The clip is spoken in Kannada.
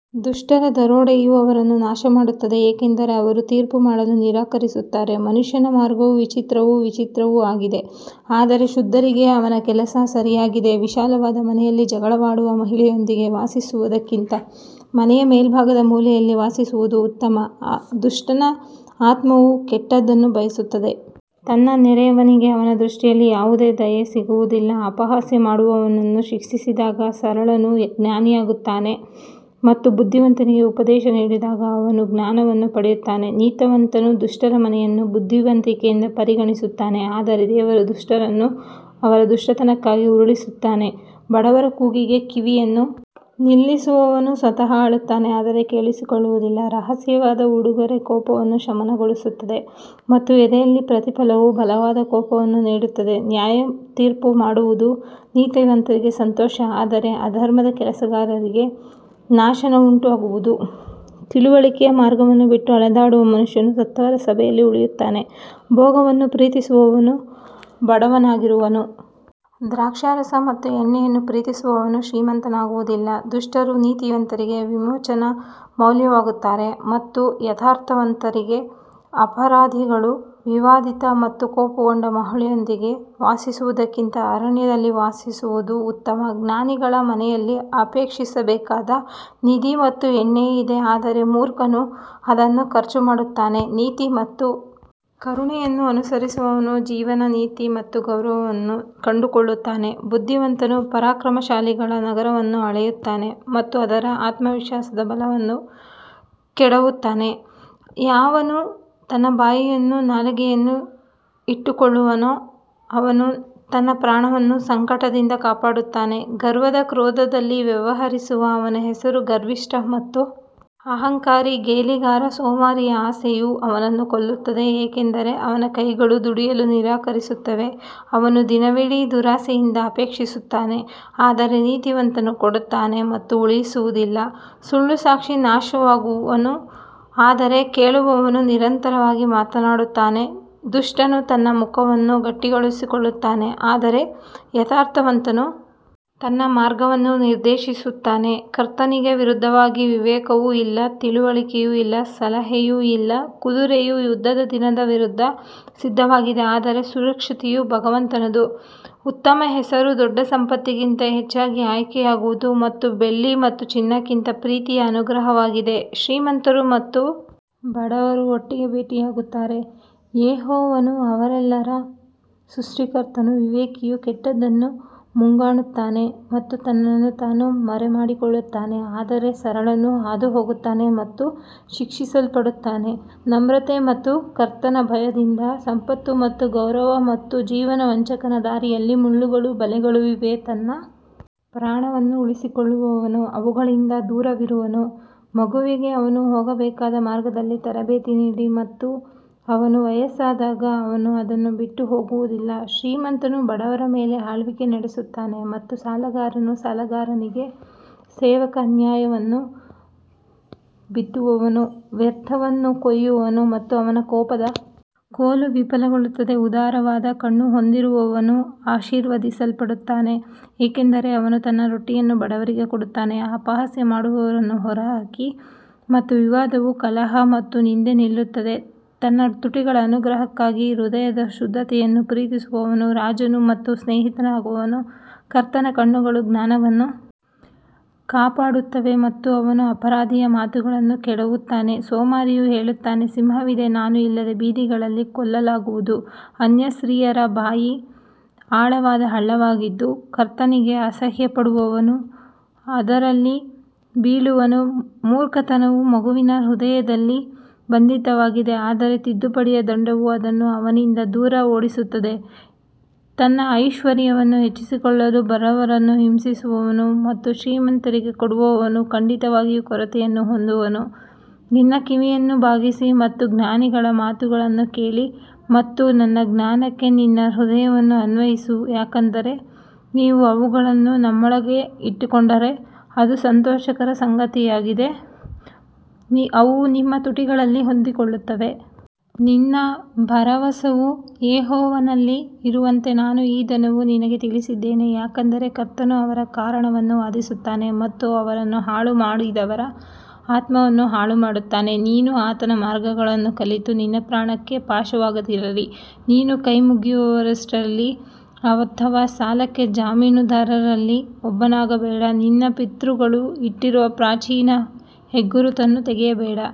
ದುಷ್ಟರ ದರೋಡೆಯು ಅವರನ್ನು ನಾಶಮಾಡುತ್ತದೆ ಏಕೆಂದರೆ ಅವರು ತೀರ್ಪು ಮಾಡಲು ನಿರಾಕರಿಸುತ್ತಾರೆ ಮನುಷ್ಯನ ಮಾರ್ಗವು ವಿಚಿತ್ರವೂ ವಿಚಿತ್ರವೂ ಆಗಿದೆ ಆದರೆ ಶುದ್ಧರಿಗೆ ಅವನ ಕೆಲಸ ಸರಿಯಾಗಿದೆ ವಿಶಾಲವಾದ ಮನೆಯಲ್ಲಿ ಜಗಳವಾಡುವ ಮಹಿಳೆಯೊಂದಿಗೆ ವಾಸಿಸುವುದಕ್ಕಿಂತ ಮನೆಯ ಮೇಲ್ಭಾಗದ ಮೂಲೆಯಲ್ಲಿ ವಾಸಿಸುವುದು ಉತ್ತಮ ದುಷ್ಟನ ಆತ್ಮವು ಕೆಟ್ಟದ್ದನ್ನು ಬಯಸುತ್ತದೆ, ತನ್ನ ನೆರೆಯವನಿಗೆ ಅವನ ದೃಷ್ಟಿಯಲ್ಲಿ ಯಾವುದೇ ದಯೆ ಸಿಗುವುದಿಲ್ಲ ಅಪಹಾಸ್ಯ ಮಾಡುವವನನ್ನು ಶಿಕ್ಷಿಸಿದಾಗ ಸರಳನು ಜ್ಞಾನಿಯಾಗುತ್ತಾನೆ ಮತ್ತು ಬುದ್ಧಿವಂತನಿಗೆ ಉಪದೇಶ ನೀಡಿದಾಗ ಅವನು ಜ್ಞಾನವನ್ನು ಪಡೆಯುತ್ತಾನೆ ನೀತಿವಂತನು ದುಷ್ಟರ ಮನೆಯನ್ನು ಬುದ್ಧಿವಂತಿಕೆಯಿಂದ ಪರಿಗಣಿಸುತ್ತಾನೆ ಆದರೆ ದೇವರು ದುಷ್ಟರನ್ನು ಅವರ ದುಷ್ಟತನಕ್ಕಾಗಿ ಉರುಳಿಸುತ್ತಾನೆ ಬಡವರ ಕೂಗಿಗೆ ಕಿವಿಯನ್ನು ನಿಲ್ಲಿಸುವವನು ಸ್ವತಃ ಅಳುತ್ತಾನೆ ಆದರೆ ಕೇಳಿಸಿಕೊಳ್ಳುವುದಿಲ್ಲ ರಹಸ್ಯವಾದ ಉಡುಗೊರೆ ಕೋಪವನ್ನು ಶಮನಗೊಳಿಸುತ್ತದೆ ಮತ್ತು ಎದೆಯಲ್ಲಿ ಪ್ರತಿಫಲವು ಬಲವಾದ ಕೋಪವನ್ನು ನೀಡುತ್ತದೆ ನ್ಯಾಯತೀರ್ಪುಮಾಡುವುದು ನೀತಿವಂತರಿಗೆ ಸಂತೋಷ ಆದರೆ ಅಧರ್ಮದ ಕೆಲಸಗಾರರಿಗೆ ನಾಶನವುಂಟಾಗುವುದು ತಿಳುವಳಿಕೆಯ ಮಾರ್ಗವನ್ನು ಬಿಟ್ಟು ಅಲೆದಾಡುವ ಮನುಷ್ಯನು ಸತ್ತವರ ಸಭೆಯಲ್ಲಿ ಉಳಿಯುತ್ತಾನೆ ಭೋಗವನ್ನು ಪ್ರೀತಿಸುವವನು ಬಡವನಾಗಿರುವನು, ದ್ರಾಕ್ಷಾರಸ ಮತ್ತು ಎಣ್ಣೆಯನ್ನು ಪ್ರೀತಿಸುವವನು ಶ್ರೀಮಂತನಾಗುವುದಿಲ್ಲ ದುಷ್ಟರು ನೀತಿವಂತರಿಗೆ ವಿಮೋಚನಾ ಮೌಲ್ಯವಾಗುತ್ತಾರೆ ಮತ್ತು ಯಥಾರ್ಥವಂತರಿಗೆ ಅಪರಾಧಿಗಳು ವಿವಾದಿತ ಮತ್ತು ಕೋಪಗೊಂಡ ಮಹಿಳೆಯೊಂದಿಗೆ ವಾಸಿಸುವುದಕ್ಕಿಂತ ಅರಣ್ಯದಲ್ಲಿ ವಾಸಿಸುವುದು ಉತ್ತಮ ಜ್ಞಾನಿಗಳ ಮನೆಯಲ್ಲಿ ಅಪೇಕ್ಷಿಸಬೇಕಾದ ನಿಧಿ ಮತ್ತು ಎಣ್ಣೆ ಇದೆ ಆದರೆ ಮೂರ್ಖನು ಅದನ್ನು ಖರ್ಚುಮಾಡುತ್ತಾನೆ ನೀತಿ ಮತ್ತು ಕರುಣೆಯನ್ನು ಅನುಸರಿಸುವವನು ಜೀವನ ನೀತಿ ಮತ್ತು ಗೌರವವನ್ನು ಕಂಡುಕೊಳ್ಳುತ್ತಾನೆ ಬುದ್ಧಿವಂತನು ಪರಾಕ್ರಮಶಾಲಿಗಳ ನಗರವನ್ನು ಅಳೆಯುತ್ತಾನೆ ಮತ್ತು ಅದರ ಆತ್ಮವಿಶ್ವಾಸದ ಬಲವನ್ನು ಕೆಡವುತ್ತಾನೆ ಯಾವನು ತನ್ನ ಬಾಯಿಯನ್ನೂ ನಾಲಿಗೆಯನ್ನೂ ಇಟ್ಟುಕೊಳ್ಳುವನೋ ಅವನು ತನ್ನ ಪ್ರಾಣವನ್ನು ಸಂಕಟದಿಂದ ಕಾಪಾಡುತ್ತಾನೆ ಗರ್ವದ ಕ್ರೋಧದಲ್ಲಿ ವ್ಯವಹರಿಸುವ ಅವನ ಹೆಸರು ಗರ್ವಿಷ್ಠ ಮತ್ತು ಅಹಂಕಾರಿ ಗೇಲಿಗಾರ ಸೋಮಾರಿಯ ಆಸೆಯು ಅವನನ್ನು ಕೊಲ್ಲುತ್ತದೆ ಏಕೆಂದರೆ ಅವನ ಕೈಗಳು ದುಡಿಯಲು ನಿರಾಕರಿಸುತ್ತವೆ ಅವನು ದಿನವಿಡೀ ದುರಾಶೆಯಿಂದ ಅಪೇಕ್ಷಿಸುತ್ತಾನೆ ಆದರೆ ನೀತಿವಂತನು ಕೊಡುತ್ತಾನೆ ಮತ್ತು ಉಳಿಸುವುದಿಲ್ಲ ಸುಳ್ಳು ಸಾಕ್ಷಿ ನಾಶವಾಗುವನು ಆದರೆ ಕೇಳುವವನು ನಿರಂತರವಾಗಿ ಮಾತನಾಡುತ್ತಾನೆ ದುಷ್ಟನು ತನ್ನ ಮುಖವನ್ನು ಗಟ್ಟಿಗೊಳಿಸಿಕೊಳ್ಳುತ್ತಾನೆ ಆದರೆ ಯಥಾರ್ಥವಂತನು ತನ್ನ ಮಾರ್ಗವನ್ನು ನಿರ್ದೇಶಿಸುತ್ತಾನೆ ಕರ್ತನಿಗೆ ವಿರುದ್ಧವಾಗಿ ವಿವೇಕವೂ ಇಲ್ಲ, ತಿಳುವಳಿಕೆಯೂ ಇಲ್ಲ, ಸಲಹೆಯೂ ಇಲ್ಲ ಕುದುರೆಯು ಯುದ್ಧದ ದಿನದ ವಿರುದ್ಧ ಸಿದ್ಧವಾಗಿದೆ ಆದರೆ ಸುರಕ್ಷತೆಯು ಭಗವಂತನದು ಉತ್ತಮ ಹೆಸರು ದೊಡ್ಡ ಸಂಪತ್ತಿಗಿಂತ ಹೆಚ್ಚಾಗಿ ಆಯ್ಕೆಯಾಗುವುದು ಮತ್ತು ಬೆಳ್ಳಿ ಮತ್ತು ಚಿನ್ನಕ್ಕಿಂತ ಪ್ರೀತಿಯ ಅನುಗ್ರಹವಾಗಿದೆ ಶ್ರೀಮಂತರು ಮತ್ತು ಬಡವರು ಒಟ್ಟಿಗೆ ಭೇಟಿಯಾಗುತ್ತಾರೆ ಯೆಹೋವನು ಅವರೆಲ್ಲರ ಸೃಷ್ಟಿಕರ್ತನು ವಿವೇಕಿಯು ಕೆಟ್ಟದ್ದನ್ನು ಮುಂಗಾಣುತ್ತಾನೆ ಮತ್ತು ತನ್ನನ್ನು ತಾನು ಮರೆಮಾಡಿಕೊಳ್ಳುತ್ತಾನೆ ಆದರೆ ಸರಳನು ಹಾದುಹೋಗುತ್ತಾನೆ ಮತ್ತು ಶಿಕ್ಷಿಸಲ್ಪಡುತ್ತಾನೆ ನಮ್ರತೆ ಮತ್ತು ಕರ್ತನ ಭಯದಿಂದ ಸಂಪತ್ತು ಮತ್ತು ಗೌರವ ಮತ್ತು ಜೀವನ ವಂಚಕನ ದಾರಿಯಲ್ಲಿ ಮುಳ್ಳುಗಳೂ ಬಲೆಗಳೂ ಇವೆ, ತನ್ನ ಪ್ರಾಣವನ್ನು ಉಳಿಸಿಕೊಳ್ಳುವವನು ಅವುಗಳಿಂದ ದೂರವಿರುವನು ಮಗುವಿಗೆ ಅವನು ಹೋಗಬೇಕಾದ ಮಾರ್ಗದಲ್ಲಿ ತರಬೇತಿ ನೀಡಿ ಮತ್ತು ಅವನು ವಯಸ್ಸಾದಾಗ ಅವನು ಅದನ್ನು ಬಿಟ್ಟು ಹೋಗುವುದಿಲ್ಲ ಶ್ರೀಮಂತನು ಬಡವರ ಮೇಲೆ ಆಳ್ವಿಕೆ ನಡೆಸುತ್ತಾನೆ ಮತ್ತು ಸಾಲಗಾರನು ಸಾಲಗಾರನಿಗೆ ಸೇವಕ ಅನ್ಯಾಯವನ್ನು ಬಿತ್ತುವವನು ವ್ಯರ್ಥವನ್ನು ಕೊಯ್ಯುವನು ಮತ್ತು ಅವನ ಕೋಪದ ಕೋಲು ವಿಫಲಗೊಳ್ಳುತ್ತದೆ ಉದಾರವಾದ ಕಣ್ಣು ಹೊಂದಿರುವವನು ಆಶೀರ್ವದಿಸಲ್ಪಡುತ್ತಾನೆ ಏಕೆಂದರೆ ಅವನು ತನ್ನ ರೊಟ್ಟಿಯನ್ನು ಬಡವರಿಗೆ ಕೊಡುತ್ತಾನೆ ಅಪಹಾಸ್ಯ ಮಾಡುವವರನ್ನು ಹೊರಹಾಕಿ ಮತ್ತು ವಿವಾದವು ಕಲಹ ಮತ್ತು ನಿಂದೆ ನಿಲ್ಲುತ್ತದೆ ತನ್ನ ತುಟಿಗಳ ಅನುಗ್ರಹಕ್ಕಾಗಿ ಹೃದಯದ ಶುದ್ಧತೆಯನ್ನು ಪ್ರೀತಿಸುವವನು ರಾಜನು ಅವನ ಸ್ನೇಹಿತನಾಗುವನು ಕರ್ತನ ಕಣ್ಣುಗಳು ಜ್ಞಾನವನ್ನು ಕಾಪಾಡುತ್ತವೆ ಮತ್ತು ಅವನು ಅಪರಾಧಿಯ ಮಾತುಗಳನ್ನು ಕೆಡವುತ್ತಾನೆ ಸೋಮಾರಿಯು ಹೇಳುತ್ತಾನೆ ಸಿಂಹವಿದೆ ನಾನು ಇಲ್ಲದೆ ಬೀದಿಗಳಲ್ಲಿ ಕೊಲ್ಲಲಾಗುವುದು ಅನ್ಯ ಸ್ತ್ರೀಯರ ಬಾಯಿ ಆಳವಾದ ಹಳ್ಳವಾಗಿದ್ದು ಕರ್ತನಿಗೆ ಅಸಹ್ಯಪಡುವವನು ಅದರಲ್ಲಿ ಬೀಳುವನು ಮೂರ್ಖತನವು ಮಗುವಿನ ಹೃದಯದಲ್ಲಿ ಬಂಧಿತವಾಗಿದೆ ಆದರೆ ತಿದ್ದುಪಡಿಯ ದಂಡವು ಅದನ್ನು ಅವನಿಂದ ದೂರ ಓಡಿಸುತ್ತದೆ ತನ್ನ ಐಶ್ವರ್ಯವನ್ನು ಹೆಚ್ಚಿಸಿಕೊಳ್ಳಲು ಬಡವರನ್ನು ಹಿಂಸಿಸುವವನು ಮತ್ತು ಶ್ರೀಮಂತರಿಗೆ ಕೊಡುವವನು ಖಂಡಿತವಾಗಿಯೂ ಕೊರತೆಯನ್ನು ಹೊಂದುವನು ನಿನ್ನ ಕಿವಿಯನ್ನು ಬಾಗಿಸಿ ಮತ್ತು ಜ್ಞಾನಿಗಳ ಮಾತುಗಳನ್ನು ಕೇಳಿ ಮತ್ತು ನನ್ನ ಜ್ಞಾನಕ್ಕೆ ನಿನ್ನ ಹೃದಯವನ್ನು ಅನ್ವಯಿಸು ಯಾಕಂದರೆ ನೀವು ಅವುಗಳನ್ನು ನಿಮ್ಮೊಳಗೆ ಇಟ್ಟುಕೊಂಡರೆ ಅದು ಸಂತೋಷಕರ ಸಂಗತಿಯಾಗಿದೆ, ಅವು ನಿಮ್ಮ ತುಟಿಗಳಲ್ಲಿ ಹೊಂದಿಕೊಳ್ಳುತ್ತವೆ. ನಿನ್ನ ಭರವಸವು ಯೆಹೋವನಲ್ಲಿ ಇರುವಂತೆ ನಾನು ಈ ದಿನವೂ ನಿನಗೆ ತಿಳಿಸಿದ್ದೇನೆ ಯಾಕಂದರೆ ಕರ್ತನು ಅವರ ಕಾರಣವನ್ನು ವಾದಿಸುತ್ತಾನೆ ಮತ್ತು ಅವರನ್ನು ಹಾಳು ಮಾಡಿದವರ ಆತ್ಮವನ್ನು ಹಾಳುಮಾಡುತ್ತಾನೆ ನೀನು ಆತನ ಮಾರ್ಗಗಳನ್ನು ಕಲಿತು ನಿನ್ನ ಪ್ರಾಣಕ್ಕೆ ಪಾಶವಾಗದಿರಲಿ ನೀನು ಕೈಮುಗಿಯುವವರಲ್ಲಿ ಅಥವಾ ಸಾಲಕ್ಕೆ ಜಾಮೀನುದಾರರಲ್ಲಿ ಒಬ್ಬನಾಗಬೇಡ ನಿನ್ನ ಪಿತೃಗಳು ಇಟ್ಟಿರುವ ಪ್ರಾಚೀನ ಹೆಗ್ಗುರುತನ್ನು ತೆಗೆಯಬೇಡ.